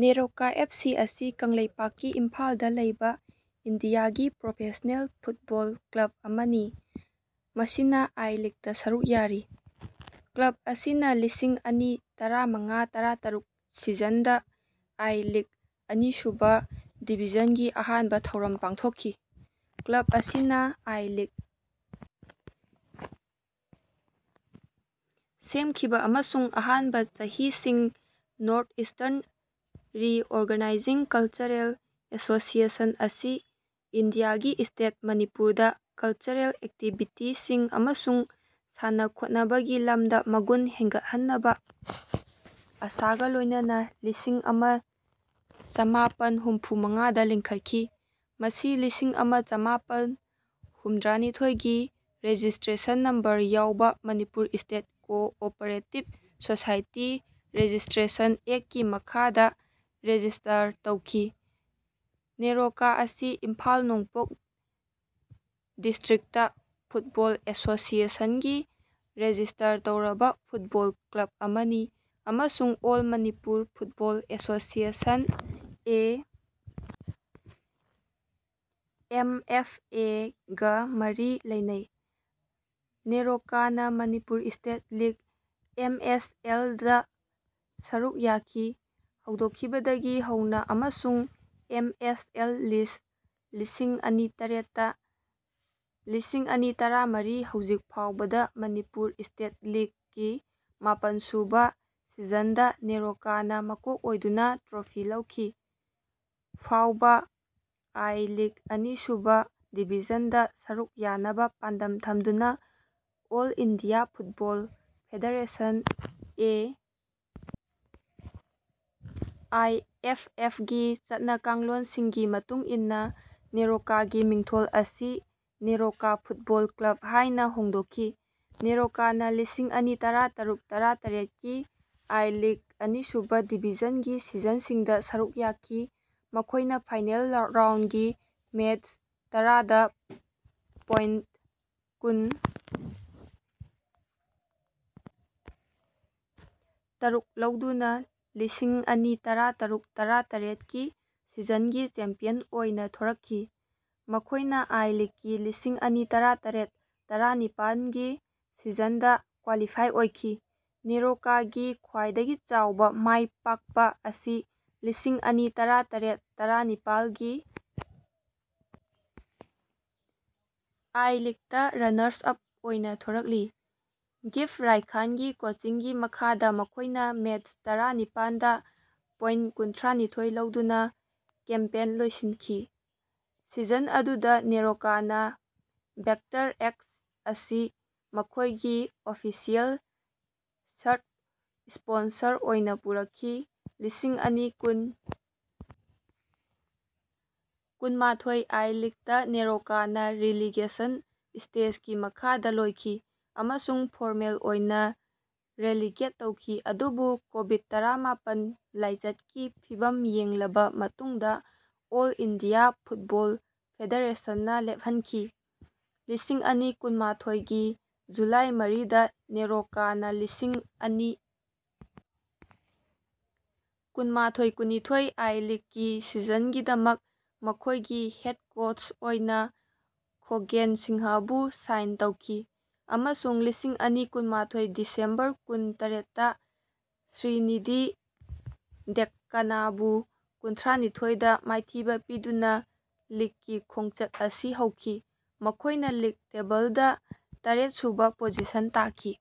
NEROCA FC ꯑꯁꯤ ꯀꯪꯂꯩꯄꯥꯛꯀꯤ ꯏꯝꯐꯥꯜꯗ ꯂꯩꯕꯥ ꯏꯟꯗꯤꯌꯥꯒꯤ ꯄ꯭ꯔꯣꯐꯦꯁꯅꯦꯜ ꯐꯨꯠꯕꯣꯜ ꯀ꯭ꯂꯕ ꯑꯃꯅꯤ ꯃꯁꯤꯅꯥ ꯑꯥꯏ ꯂꯤꯒꯇꯥ ꯁꯔꯨꯛ ꯌꯥꯔꯤ꯫ ꯀ꯭ꯂꯕ ꯑꯁꯤꯅꯥ ꯂꯤꯁꯤꯡ ꯑꯅꯤ ꯇꯔꯥꯃꯉꯥ ꯇꯔꯥꯇꯔꯨꯛ ꯁꯤꯖꯟꯗꯥ ꯑꯥꯏ ꯂꯤꯒ ꯑꯅꯤꯁꯨꯕꯥ ꯗꯤꯕꯤꯖꯟꯒꯤ ꯑꯍꯥꯟꯕ ꯊꯧꯔꯝ ꯄꯥꯡꯊꯣꯛꯈꯤ꯫ ꯀ꯭ꯂꯕ ꯑꯁꯤꯅꯥ ꯑꯥꯏ-ꯂꯤꯒ ꯁꯦꯝꯈꯤꯕ ꯑꯃꯁꯨꯡ ꯑꯍꯥꯟꯕ ꯆꯍꯤꯁꯤꯡ north eastern reorganising cultural association ꯑꯁꯤ ꯏꯟꯗꯤꯌꯥꯒꯤ ꯁ꯭ꯇꯦꯠ ꯃꯅꯤꯄꯨꯔꯗ ꯀꯜꯆꯔꯦꯜ ꯑꯦꯛꯇꯤꯕꯤꯇꯤꯁꯤꯡ ꯑꯃꯁꯨꯡ ꯁꯥꯟꯅ ꯈꯣꯠꯅꯕꯒꯤ ꯂꯝꯗꯥ ꯃꯒꯨꯟ ꯍꯦꯟꯒꯠꯍꯟꯅꯕ ꯑꯥꯁꯥꯒꯥ ꯂꯣꯏꯅꯅꯥ ꯂꯤꯁꯤꯡ ꯑꯃ ꯆꯃꯥꯄꯟ ꯍꯨꯝꯐꯨ ꯃꯉꯥꯗ ꯂꯤꯡꯈꯠꯈꯤ꯫ ꯃꯁꯤ ꯂꯤꯁꯤꯡ ꯑꯃ ꯆꯃꯥꯄꯟ ꯍꯨꯝꯗ꯭ꯔꯥꯅꯤꯊꯣꯏꯒꯤ ꯔꯦꯖꯤꯁꯇ꯭ꯔꯦꯁꯟ ꯅꯝꯕꯔ ꯌꯥꯎꯕ Manipur state cooperative society registration ꯑꯦꯛꯀꯤ ꯃꯈꯥꯗ ꯔꯦꯖꯤꯁ꯭ꯇꯔ ꯇꯧꯈꯤ꯫ ꯅꯦꯔꯣꯀꯥ ꯑꯁꯤ ꯏꯝꯐꯥꯜ ꯅꯣꯡꯄꯣꯛ ꯗꯤꯁ꯭ꯇꯔꯤꯛꯇ ꯐꯨꯠꯕꯣꯜ ꯑꯦꯁꯣꯁꯤꯑꯦꯁꯟꯒꯤ ꯔꯦꯖꯤꯁ꯭ꯇꯔ ꯇꯧꯔꯕ ꯐꯨꯠꯕꯣꯜ ꯀ꯭ꯂꯕ ꯑꯃꯅꯤ ꯑꯃꯁꯨꯡ all Manipur football association A. M. F. ꯑꯦ.ꯒꯥ ꯃꯔꯤ ꯂꯩꯅꯩ꯫ ꯅꯦꯔꯣꯀꯥꯅꯥ Manipur state league M. S. ꯑꯦꯜ.ꯗꯥ ꯁꯔꯨꯛ ꯌꯥꯈꯤ ꯍꯧꯗꯣꯛꯈꯤꯕꯗꯒꯤ ꯍꯧꯅꯥ ꯑꯃꯁꯨꯡ ꯑꯦꯝ. ꯑꯦꯁ. ꯑꯦꯜ. ꯂꯤꯁ ꯂꯤꯁꯤꯡ ꯑꯅꯤ ꯇꯔꯦꯠꯇ꯫ ꯂꯤꯁꯤꯡ ꯑꯅꯤ ꯇꯔꯥꯃꯔꯤ ꯍꯧꯖꯤꯛ ꯐꯥꯎꯕꯗ ꯃꯅꯤꯄꯨꯔ ꯁ꯭ꯇꯦꯠ ꯂꯤꯒ ꯒꯤ ꯃꯥꯄꯟ ꯁꯨꯕ ꯁꯤꯖꯟꯗꯥ ꯅꯦꯔꯣꯀꯥꯅꯥ ꯃꯀꯣꯛ ꯑꯣꯏꯗꯨꯅ ꯇ꯭ꯔꯣꯐꯤ ꯂꯧꯈꯤ꯫ ꯐꯥꯎꯕ ꯑꯥꯏ ꯂꯤꯒ ꯑꯅꯤꯁꯨꯕ ꯗꯤꯕꯤꯖꯟꯗ ꯁꯔꯨꯛ ꯌꯥꯅꯕ ꯄꯥꯟꯗꯝ ꯊꯝꯗꯨꯅꯥ all India football federation A. I. F. ꯑꯦꯐ.ꯒꯤ ꯆꯠꯅꯀꯥꯡꯂꯣꯟꯁꯤꯡꯒꯤ ꯃꯇꯨꯡ ꯏꯟꯅꯥ ꯅꯦꯔꯣꯀꯥꯒꯤ ꯃꯤꯡꯊꯣꯜ ꯑꯁꯤ ꯅꯦꯔꯣꯀꯥ ꯐꯨꯠꯕꯣꯜ ꯀ꯭ꯂꯕ ꯍꯥꯏꯅ ꯍꯣꯡꯗꯣꯛꯈꯤ꯫ ꯅꯦꯔꯣꯀꯥꯅꯥ ꯂꯤꯁꯤꯡ ꯑꯅꯤ ꯇꯔꯥꯇꯔꯨꯛ ꯇꯔꯥ ꯇꯔꯦꯠꯀꯤ ꯑꯥꯏ-ꯂꯤꯒ ꯑꯅꯤꯁꯨꯕ ꯗꯤꯕꯤꯖꯟꯒꯤ ꯁꯤꯖꯟꯁꯤꯡꯗ ꯁꯔꯨꯛ ꯌꯥꯈꯤ꯫ ꯃꯈꯣꯏꯅꯥ ꯐꯥꯏꯅꯦꯜ ꯔꯥꯎꯟꯗꯒꯤ ꯃꯦꯆ ꯇꯔꯥꯗ ꯄꯣꯏꯟꯇ ꯀꯨꯟ ꯇꯔꯨꯛ ꯂꯧꯗꯨꯅꯥ ꯂꯤꯁꯤꯡ ꯑꯅꯤ ꯇꯔꯥꯇꯔꯨꯛ ꯇꯔꯥ ꯇꯔꯦꯠꯀꯤ ꯁꯤꯖꯟꯒꯤ ꯆꯦꯝꯄꯤꯌꯟ ꯑꯣꯏꯅꯥ ꯊꯣꯔꯛꯈꯤ꯫ ꯃꯈꯣꯏꯅꯥ ꯑꯥꯏ ꯂꯤꯒꯀꯤ ꯂꯤꯁꯤꯡ ꯑꯅꯤ ꯇꯔꯥꯇꯔꯦꯠ ꯇꯔꯥ ꯅꯤꯄꯥꯟꯒꯤ ꯁꯤꯖꯟꯗꯥ ꯀ꯭ꯋꯥꯂꯤꯐꯥꯏ ꯑꯣꯏꯈꯤ꯫ ꯅꯦꯔꯣꯀꯥꯒꯤ ꯈ꯭ꯋꯥꯏꯗꯒꯤ ꯆꯥꯎꯕ ꯃꯥꯏꯄꯥꯀꯄꯥ ꯑꯁꯤ ꯂꯤꯁꯤꯡ ꯑꯅꯤ ꯇꯔꯥꯇꯔꯦꯠ ꯇꯔꯥ ꯅꯤꯄꯥꯟ ꯒꯤ ꯑꯥꯏ ꯂꯤꯒꯇꯥ ꯔꯅꯥꯔꯁ ꯑꯞ ꯑꯣꯏꯅꯥ ꯊꯣꯔꯛꯂꯤ꯫ ꯒꯤꯐ꯭ꯇ ꯔꯥꯏꯈꯥꯟꯒꯤ ꯀꯣꯆꯤꯡꯒꯤ ꯃꯈꯥꯗꯥ ꯃꯈꯣꯏꯅ ꯃꯦꯆ ꯇꯔꯥꯅꯤꯄꯥꯟꯗꯥ ꯄꯣꯏꯟꯇ ꯀꯨꯟꯊ꯭ꯔꯥꯅꯤꯊꯣꯏ ꯂꯧꯗꯨꯅꯥ ꯀꯦꯝꯄꯦꯟ ꯂꯣꯏꯁꯤꯟꯈꯤ꯫ ꯁꯤꯖꯟ ꯑꯗꯨꯗ ꯅꯦꯔꯣꯀꯥꯅꯥ ꯚꯦꯛꯇꯔ ꯑꯦꯛꯁ ꯑꯁꯤ ꯃꯈꯣꯏꯒꯤ ꯑꯣꯐꯤꯁꯤꯑꯦꯜ ꯁꯔꯠ ꯁ꯭ꯄꯣꯟꯁꯔ ꯑꯣꯏꯅꯥ ꯄꯨꯔꯛꯈꯤ꯫ ꯂꯤꯁꯤꯡ ꯑꯅꯤ ꯀꯨꯟ ꯀꯨꯟꯃꯥꯊꯣꯏ ꯑꯥꯏ-ꯂꯤꯒꯇꯥ ꯅꯦꯔꯣꯀꯥꯅꯥ ꯔꯤꯂꯤꯒꯦꯁꯟ ꯁ꯭ꯇꯦꯖꯒꯤ ꯃꯈꯥꯗꯥ ꯂꯣꯏꯈꯤ ꯑꯃꯁꯨꯡ ꯐꯣꯔꯃꯦꯜ ꯑꯣꯏꯅꯥ ꯔꯦꯂꯤꯒꯦꯠ ꯇꯧꯈꯤ ꯑꯗꯨꯕꯨ ꯀꯣꯕꯤꯗ ꯇꯔꯥꯃꯥꯄꯟ ꯂꯥꯏꯆꯠꯀꯤ ꯐꯤꯚꯝ ꯌꯦꯡꯂꯕ ꯃꯇꯨꯡꯗ ꯑꯣꯜ ꯏꯟꯗꯤꯌꯥ ꯐꯨꯠꯕꯣꯜ ꯐꯦꯗꯦꯔꯦꯁꯟ ꯅ ꯂꯦꯞꯍꯟꯈꯤ꯫ ꯂꯤꯁꯤꯡ ꯑꯅꯤ ꯀꯨꯟꯃꯥꯊꯣꯏꯒꯤ ꯖꯨꯂꯥꯏ ꯃꯔꯤꯗꯥ ꯅꯦꯔꯣꯀꯥꯅꯥ ꯂꯤꯁꯤꯡ ꯑꯅꯤ ꯀꯨꯟꯃꯥꯊꯣꯏ ꯀꯨꯟꯅꯤꯊꯣꯏ ꯑꯥꯏ ꯂꯤꯒꯀꯤ ꯁꯤꯖꯟꯒꯤꯗꯃꯛ ꯃꯈꯣꯏꯒꯤ ꯍꯦꯗ ꯀꯣꯆ ꯑꯣꯏꯅꯥ ꯈꯣꯒꯦꯟ ꯁꯤꯡꯍꯕꯨ ꯁꯥꯏꯟ ꯇꯧꯈꯤ ꯑꯃꯁꯨꯡ ꯂꯤꯁꯤꯡ ꯑꯅꯤ ꯀꯨꯟꯃꯥꯊꯣꯏ ꯗꯤꯁꯦꯝꯕꯔ ꯀꯨꯟ ꯇꯔꯦꯠꯇꯥ ꯁ꯭ꯔꯤꯅꯤꯗꯤ ꯗꯦꯛꯀꯥꯅꯕꯨ ꯀꯨꯟꯊ꯭ꯔꯥꯅꯤꯊꯣꯏꯗꯥ ꯃꯥꯏꯊꯤꯕ ꯄꯤꯗꯨꯅꯥ ꯂꯤꯒꯀꯤ ꯈꯣꯡꯆꯠ ꯑꯁꯤ ꯍꯧꯈꯤ꯫ ꯃꯈꯣꯏꯅꯥ ꯂꯤꯒ ꯇꯦꯕꯜꯗꯥ ꯇꯔꯦꯠ ꯁꯨꯕ ꯄꯣꯖꯤꯁꯟ ꯇꯥꯈꯤ꯫